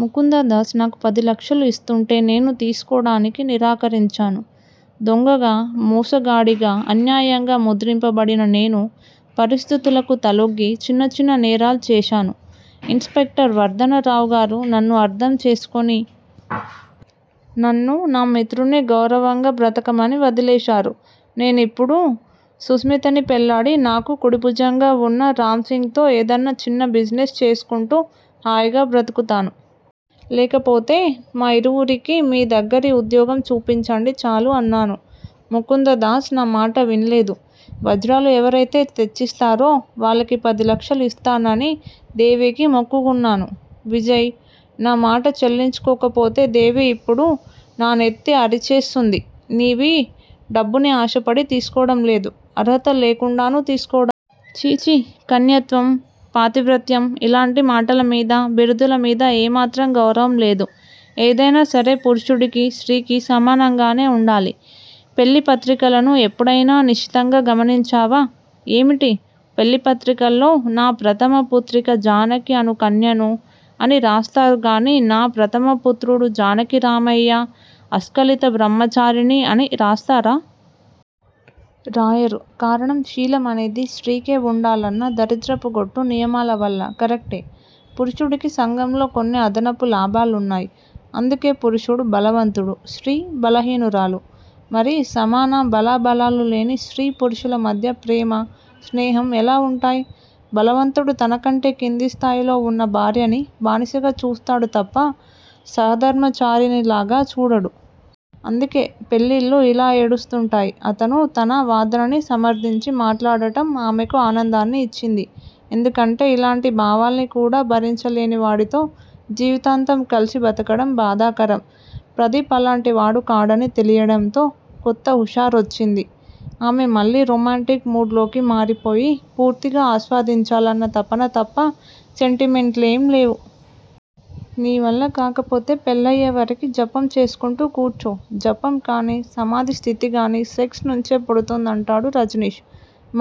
ముకుందదాస్ నాకు పదిలక్షలు ఇస్తూంటే నేను తీసుకోడానికి నిరాకరించాను. దొంగగా, మోసగాడిగా అన్యాయంగ ముద్రింపబడిన నేను పరిస్థితులకు తలొగ్గి చిన్న చిన్న నేరాలు చేశాను. ఇన్ స్పెక్టర్ వర్ధనరావుగారు నన్ను అర్థంచేసుకుని నన్ను, నా మిత్రుణ్ణి గౌరవంగా బ్రతకమని వదిలేశారు. నేనిప్పుడు సుస్మితని పెళ్ళాడి నాకు కుడిభుజంగ వున్న రాంసింగ్ తో ఏదన్నా చిన్న బిజినెస్ చేసుకుంటూ హాయిగా బ్రతుకుతాను. లేకపోతే మా ఇరువురికి మీదగ్గరి ఉద్యోగం చూపించండి చాలు అన్నాను. ముకుందదాస్ నామాట విన్లేదు. వజ్రాలు ఎవరైతే తెచ్చిస్తారో వాళ్ళకి పదిలక్షలు ఇస్తానని దేవికి మొక్కుకున్నాను విజయ్! నామాట చెల్లించుకోకపోతే దేవి ఇప్పుడు నానెత్తి అరిచేస్తుంది. నీవీ డబ్బుని ఆశపడి తీసుకోవడం లేదు. అర్హత లేకుండానూ తీసుకోవడం లేదు. ఛీఛీ- కన్యత్వం- పాతివ్రత్యం- ఇలాంటి మాటలమీద, బిరుదుల మీద ఏ మాత్రం గౌరవం లేదు. ఏదైనా సరే పురుషుడికీ, స్త్రీకి సమానంగానే వుండాలి. పెళ్ళి పత్రికలను ఎప్పుడైనా నిశితంగా గమనించావా? ఏమిటి? పెళ్ళి పత్రికల్లో నా ప్రథమ పుత్రిక జానకి అను కన్యను అని రాస్తారుగానీ నా ప్రధమ పుత్రుడు జానకిరామయ్య అస్కలిత బ్రహ్మచారిని అని రాస్తారా? రాయరు కారణం శీలం అనేది స్త్రీకే వుండాలన్న దరిద్రపు గొట్టు నియమాలవల్ల కరెక్టే. పురుషుడికి సంఘంలో కొన్ని అదనపు లాభాలున్నాయి. అందుకే పురుషుడు బలవంతుడు. స్త్రీ బలహీనురాలు. మరి సమాన బలబలాలు లేని స్త్రీ పురుషుల మధ్య ప్రేమా, స్నేహం ఎలా వుంటాయి? బలవంతుడు తనకంటే కిందిస్థాయిలో వున్న భార్యని బానిసగా చూస్తాడు తప్ప సహాధర్మచారిణిలా చూడడు. అందుకే పెళ్ళిళ్ళు ఇలా ఏడుస్తుంటాయి. అతను తన వాదనని సమర్ధించి మాట్లాడడం ఆమెకి ఆనందాన్ని ఇచ్చింది. ఎందుకంటే ఇలాంటి భావాల్ని కూడా భరించలేనివాడితో జీవితాంతం కలిసి బతకడం బాధాకరం. ప్రదీప్ అలాంటివాడు కాడని తెలియడంతో కొత్త హుషారొచ్చింది. ఆమె మళ్ళీ రొమాంటిక్ మూడ్ లోకి మారిపోయి పూర్తిగా ఆస్వాదించాలన్న తపన తప్ప సెంటిమెంట్లేం లేవు. నీవల్ల కాకపోతే పెళ్ళయ్యే వరకు జపం చేసుకుంటూ కూర్చో. జపం కానీ సమాధి స్థితిగానీ సెక్స్ నుంచే పుడుతుందంటాడు రజనీష్.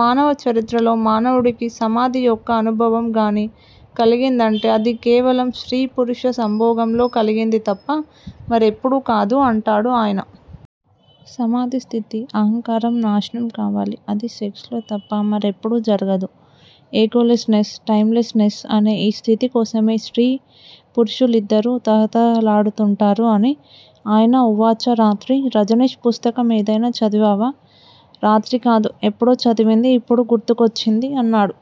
మానవ చరిత్రలో మానవుడికి సమాధి యొక్క అనుభవం గానీ కలిగిందంటే అది కేవలం స్త్రీ పురుష సంభోగంలో కలిగింది తప్ప మరెప్పుడూ కాదు అంటాడు ఆయన. సమాధి స్థితి అహంకారం నాశనం కావాలి. అది సెక్స్ లో తప్ప మరెప్పుడూ జరగదు. Egolessness, timelessness అనే ఈ స్థితి కోసమే స్త్రీ పురుషులిద్దరూ తహతహలాడుతుంటారు అని ఆయన ఉవాచ రాత్రి రజనీష్ పుస్తకం ఏదైనా చదివావా? రాత్రి కాదు- ఎప్పుడో చదివింది ఇప్పుడు గుర్తుకొచ్చింది అన్నాడు.